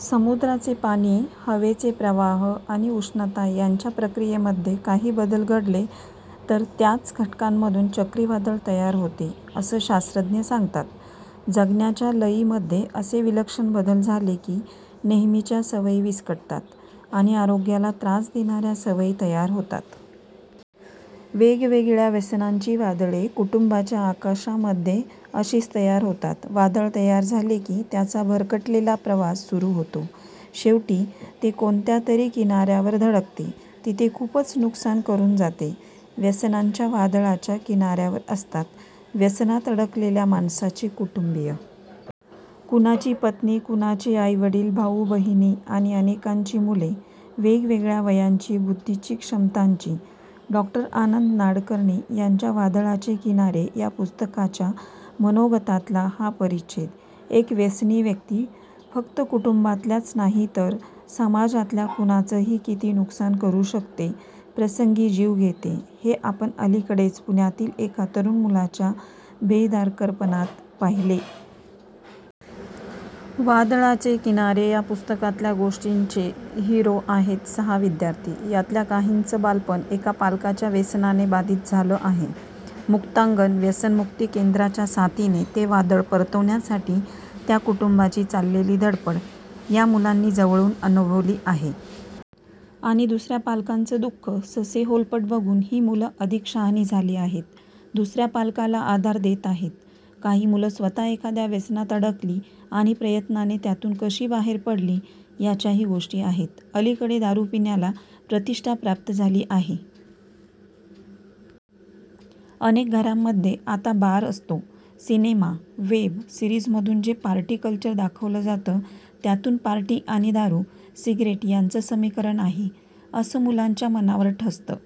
"समुद्राचे पाणी, हवेचे प्रवाह आणि उष्णता ह्यांच्या प्रक्रियेमध्ये काही बदल घडले तर त्याच घटकांमधून चक्रीवादळ तयार होते, असं शास्त्रज्ञ सांगतात. जगण्याच्या लयीमध्ये असे विलक्षण बदल झाले की, नेहमीच्या सवयी विस्कटतात आणि आरोग्याला त्रास देणाऱ्या सवयी तयार होतात. वेगवेगळ्या व्यसनांची वादळे, कुटुंबांच्या आकाशामध्ये अशीच तयार होतात. वादळ तयार झाले की, त्याचा भरकटलेला प्रवास सुरू होतो. शेवटी ते कोणत्यातरी किनाऱ्यावर धडकते. तिथे खूपच नुकसान करून जाते. व्यसनांच्या वादळाच्या किनाऱ्यावर असतात व्यसनात अडकलेल्या माणसाचे कुटुंबीय. कुणाची पत्नी, कुणाचे आई-वडील, भाऊ-बहिणी आणि अनेकांची मुले. वेगवेगळ्या वयांची, बुद्धीची, क्षमतांची. " डॉ. आनंद नाडकर्णी यांच्या 'वादळाचे किनारे' या पुस्तकाच्या मनोगतातला हा परिच्छेद. एक व्यसनी व्यक्ती फक्त कुटुंबातल्याच नाही, तर समाजातल्या कुणाचंही किती नुकसान करू शकते; प्रसंगी जीव घेते, हे आपण अलीकडेच पुण्यातील एका तरुण मुलाच्या बेदरकारपणात पाहिलं. 'वादळाचे किनारे' या पुस्तकातल्या गोष्टींचे हिरो आहेत सहा विद्यार्थी. यातल्या काहींचं बालपण एका पालकाच्या व्यसनाने बाधित झालं आहे. 'मुक्तांगण' व्यसनमुक्ती केंद्राच्या साथीने ते वादळ परतवण्यासाठी त्या कुटुंबांची चाललेली धडपड या मुलांनी जवळून अनुभवली आहे. आणि दुसऱ्या पालकाचं दु:ख, ससेहोलपट बघून ही मुलं अधिक शहाणी झाली आहेत, दुसऱ्या पालकाला आधार देत आहेत. काही मुलं स्वत: एखाद्या व्यसनात अडकली आणि प्रयत्नाने त्यातून कशी बाहेर पडली, याच्याही गोष्टी आहेत. अलीकडे दारू पिण्याला प्रतिष्ठा प्राप्त झाली आहे. अनेक घरांमध्ये आता बार असतो. सिनेमा, वेब सिरीजमधून जे पार्टी कल्चर दाखवलं जातं, त्यातून पार्टी आणि दारू, सिगरेट यांचं समीकरण आहे, असं मुलांच्या मनावर ठसतं.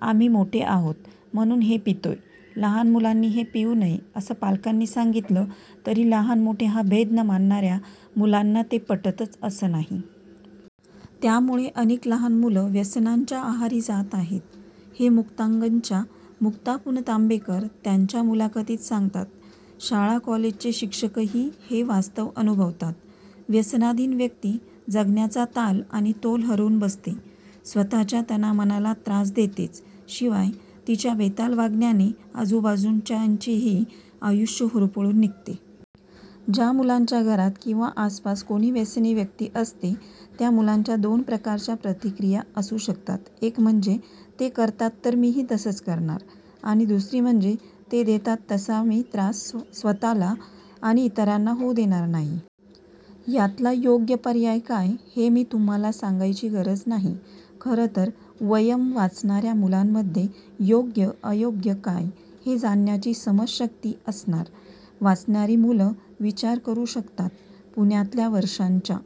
'आम्ही मोठे आहोत, म्हणून हे पितोय, लहान मुलांनी हे पिऊ नये', असं पालकांनी सांगितलं तरी लहान-मोठे हा भेद न मानणाऱ्या मुलांना ते पटतंच असं नाही. त्यामुळे अनेक लहान मुलं व्यसनांच्या आहारी जात आहेत, हे 'मुक्तांगण'च्या मुक्ता पुणतांबेकर त्यांच्या मुलाखतीत सांगतात. शाळा-कॉलेजचे शिक्षकही हे वास्तव अनुभवतात. व्यसनाधीन व्यक्ती, जगण्याचा ताल आणि तोल हरवून बसते. स्वत:च्या तना-मनाला त्रास देतेच, शिवाय तिच्या बेताल वागण्याने आजूबाजूच्यांचेही आयुष्य होरपळून निघते. ज्या मुलांच्या घरात किंवा आसपास कोणी व्यसनी व्यक्ती असते, त्या मुलांच्या दोन प्रकारच्या प्रतिक्रिया असू शकतात. एक म्हणजे, ते करतात तर मीही तसंच करणार. आणि दुसरी म्हणजे, ते देतात तसा त्रास मी स्वत:ला आणि इतरांना होऊ देणार नाही. यातला योग्य पर्याय काय, हे मी तुम्हांला सांगायची गरज नाही. खरं तर 'वयम्' वाचणाऱ्या मुलांमध्ये योग्य-अयोग्य काय, हे जाणण्याची समजशक्ती असणार; वाचणारी मुलं विचार करू शकतात! पुण्यातल्या वर्षांच्या